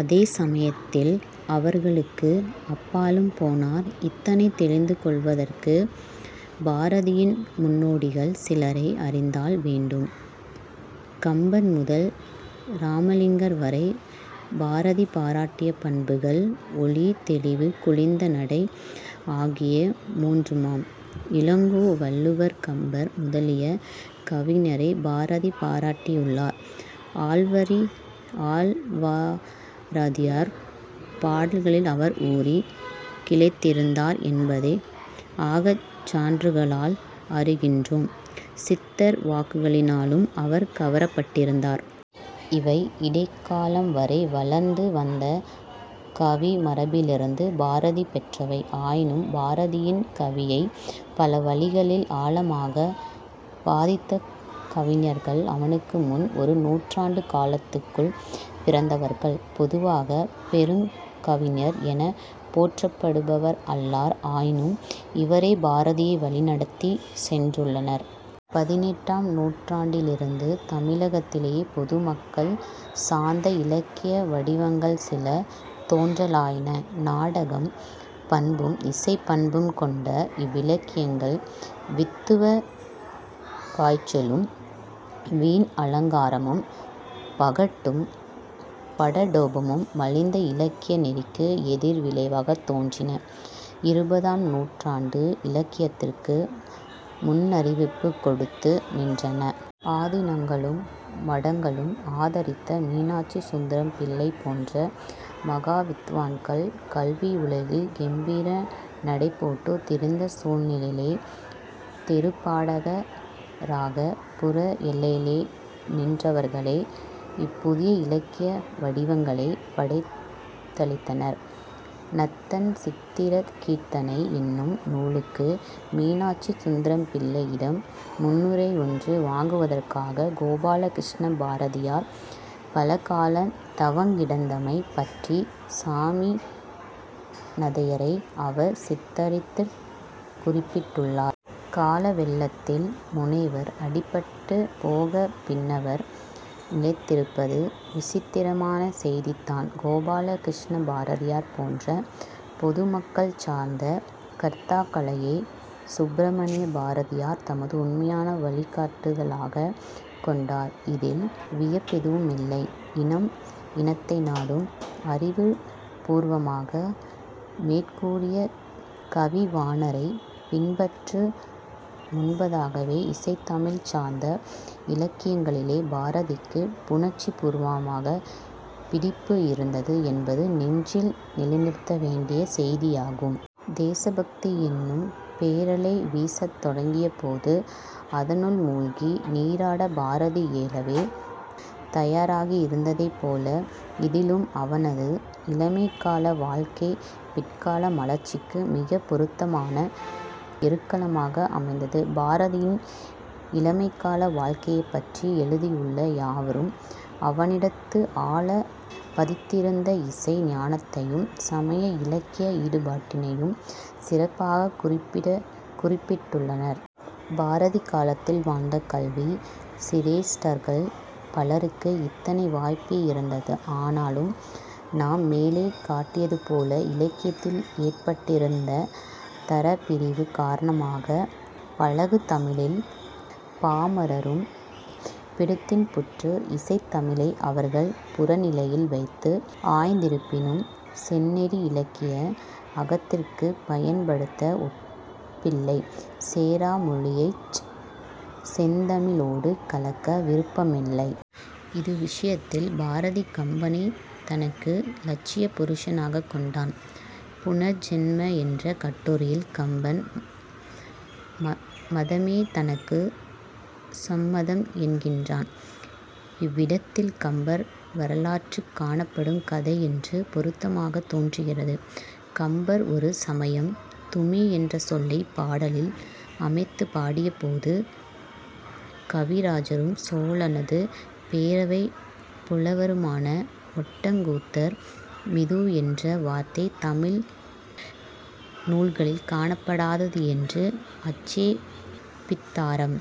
அதே சமயத்தில் அவர்களுக்கு அப்பாலும் போனார். இதனைத் தௌிந்து கொள்வதற்குப் பாரதியின் முன்னோடிகள் சிலரை அறிதல் வேண்டும். கம்பன் முதல் இராமலிங்கர் வரை பாரதி பாராட்டிய பண்புகள் "ஒளி, தௌிவு, குளிர்ந்த நடை" ஆகிய மூன்றுமாம். இளங்கோ, வள்ளுவர், கம்பர் முதலிய கவிஞரைப் பாரதி பாராட்டியுள்ளார்; ஆழ்வாராதியோர் பாடல்களிலே அவர் ஊறித் திளைத்திருந்தார் என்பதை அகச்சான்றுகளால் அறிகின்றோம்; சித்தர் வாக்குகளினாலும் அவர் கவரப்பட்டிருந்தார். இவை இடைக்காலம் வரை வளர்ந்து வந்த கவிமரபிலிருந்து பாரதி பெற்றவை. ஆயினும் பாரதியின் கவிதையைப் பல வழிகளில் ஆழமாகப் பாதித்த கவிஞர்கள் அவனுக்கு முன் ஒரு நூற்றாண்டுக் காலத்திற்குள் பிறந்தவர்கள். பொதுவாகப் "பெருங் கவிஞர்" எனப் போற்றப்படுவர் அல்லர். ஆயினும் இவரே பாரதியை வழி நடத்திச் சென்றுள்ளனர். பதினெட்டாம் நூற்றாண்டிலிருந்து தமிழிலக்கியத்திலே பொதுமக்கள் சார்ந்த இலக்கிய வடிவங்கள் சில தோன்றலாயின. நாடகப் பண்பும் இசைப் பாங்கும் கொண்ட இவ்விலக்கியங்கள், வித்துவக் காய்ச்சலும் வீண் அலங்காரமும், பகட்டும், படாடோபமும் மலிந்த இலக்கிய நெறிக்கு எதிர் விளைவாகத் தோன்றின. இருபதாம் நூற்றாண்டு இலக்கியத்திற்கு முன்னறிவிப்புக் கொடுத்து நின்றன. ஆதினங்களும் மடங்களும் ஆதரித்த மீனாட்சி சுந்தரம்பிள்ளை போன்ற மகாவித்துவான்கள் கல்வியுலகில் கம்பீர நடைபோட்டுத் திரிந்த சூழ்நிலையிலே, 'தெருப்பாடக'ராகப் புற எல்லையில் நின்றவர்களே இப்புதிய இலக்கிய வடிவங்களைப் படைத்தளித்தனர். நந்தன் சரித்திரக் கீர்த்தனை என்னும் நூலுக்கு மீனாட்சி சுந்தரம்பிள்ளையிடம் முன்னுரை ஒன்று வாங்குவதற்காகக் கோபாலகிருஷ்ண பாரதியார் பலகாலந் 'தவங்கிடந்தமை' பற்றிச் சாமிநாதையர் அவர் சரித்திரத்திற் குறிப்பிட்டுள்ளார். காலவெள்ளத்தில் முனைவர் அடிபட்டுப் போகப் பின்னவர் நிலைத்திருப்பது விசித்திரமான செய்திதான். கோபாலகிருஷ்ண பாரதியார் போன்ற பொதுமக்கள் சார்ந்த கர்த்தாக்களையே சுப்பிரமணிய பாரதியார் தமது உண்மையான வழிகாட்டிகளாகக் கொண்டார். இதில் வியப்பெதுவுமில்லை. இனம் இனத்தை நாடும். அறிவு பூர்வமாக மேற்கூறிய கவிவாணரைப் பின்பற்று முன்பதாகவே இசைத்தமிழ் சார்ந்த இலக்கியங்களிலே பாரதிக்கு உணர்ச்சி பூர்வமான பிடிப்பு இருந்தது என்பது நெஞ்சில் நிலைநிறுத்த வேண்டிய செய்தியாகும். தேசபக்தி என்னும் பேரலை வீசத் தொடங்கியபோது, அதனுள் மூழ்கி நீராடப் பாரதி ஏலவே தயாராகியிருந்ததைப் போல, இதிலும் அவனது இளமைக்கால வாழ்க்கை பிற்கால மலர்ச்சிக்கு மிகப் பொருத்தமான எருக்களமாக அமைந்தது. பாரதியின் இளமைக்கால வாழ்க்கையைப் பற்றி எழுதியுள்ள யாவரும், அவனிடத்து ஆழப் பதிந்திருந்த இசை ஞானத்தையும், சமய இலக்கிய ஈடுபாட்டினையும் சிறப்பாகக் குறிப்பிட்டுள்ளனர். பாரதி காலத்தில் வாழ்ந்த கல்வி சிரேஷ்டர்கள் பலருக்கு இத்தகைய வாய்ப்பு இருந்தது. ஆனால் நாம் மேலே காட்டியது போல இலக்கியத்தில் ஏற்பட்டிருந்த தரப்பிரிபு காரணமாக 'பழகுதமிழில்' பாமரரும் பிடித்தின்புற்று இசைத் தமிழை அவர்கள் புறநிலையில் வைத்து ஆய்ந்திருப்பினும், "செந்நெறி" இலக்கிய ஆக்கத்திற்குப் பயன்படுத்த ஒப்பவில்லை. 'சேரி மொழியை'ச் செந்தமிழோடு கலக்க விரும்பவில்லை. இது விஷயத்தில் பாரதி கம்பனைத் தனக்கு இலட்சிய புருஷனாகக் கொண்டான். புனர்ஜென்மம் என்ற கட்டுரையில் கம்பன் மதமே தனக்குச் சம்மதம் என்கிறான். இவ்விடத்தில் கம்பர் வரலாற்றிற் காணப்படும் கதையொன்று பொருத்தமாகத் தோன்றுகிறது. கம்பர் ஒரு சமயம் 'துமி' என்ற சொல்லைப் பாடலில் அமைத்துப் பாடியபோது, கவிராஜரும் சோழனது பேரவைப் புலவருமான ஒட்டக்கூத்தர் "துமி" என்ற வார்த்தை தமிழ் நூல்களிற் காணப்படாதது என்று ஆட்சேபித்தாராம்.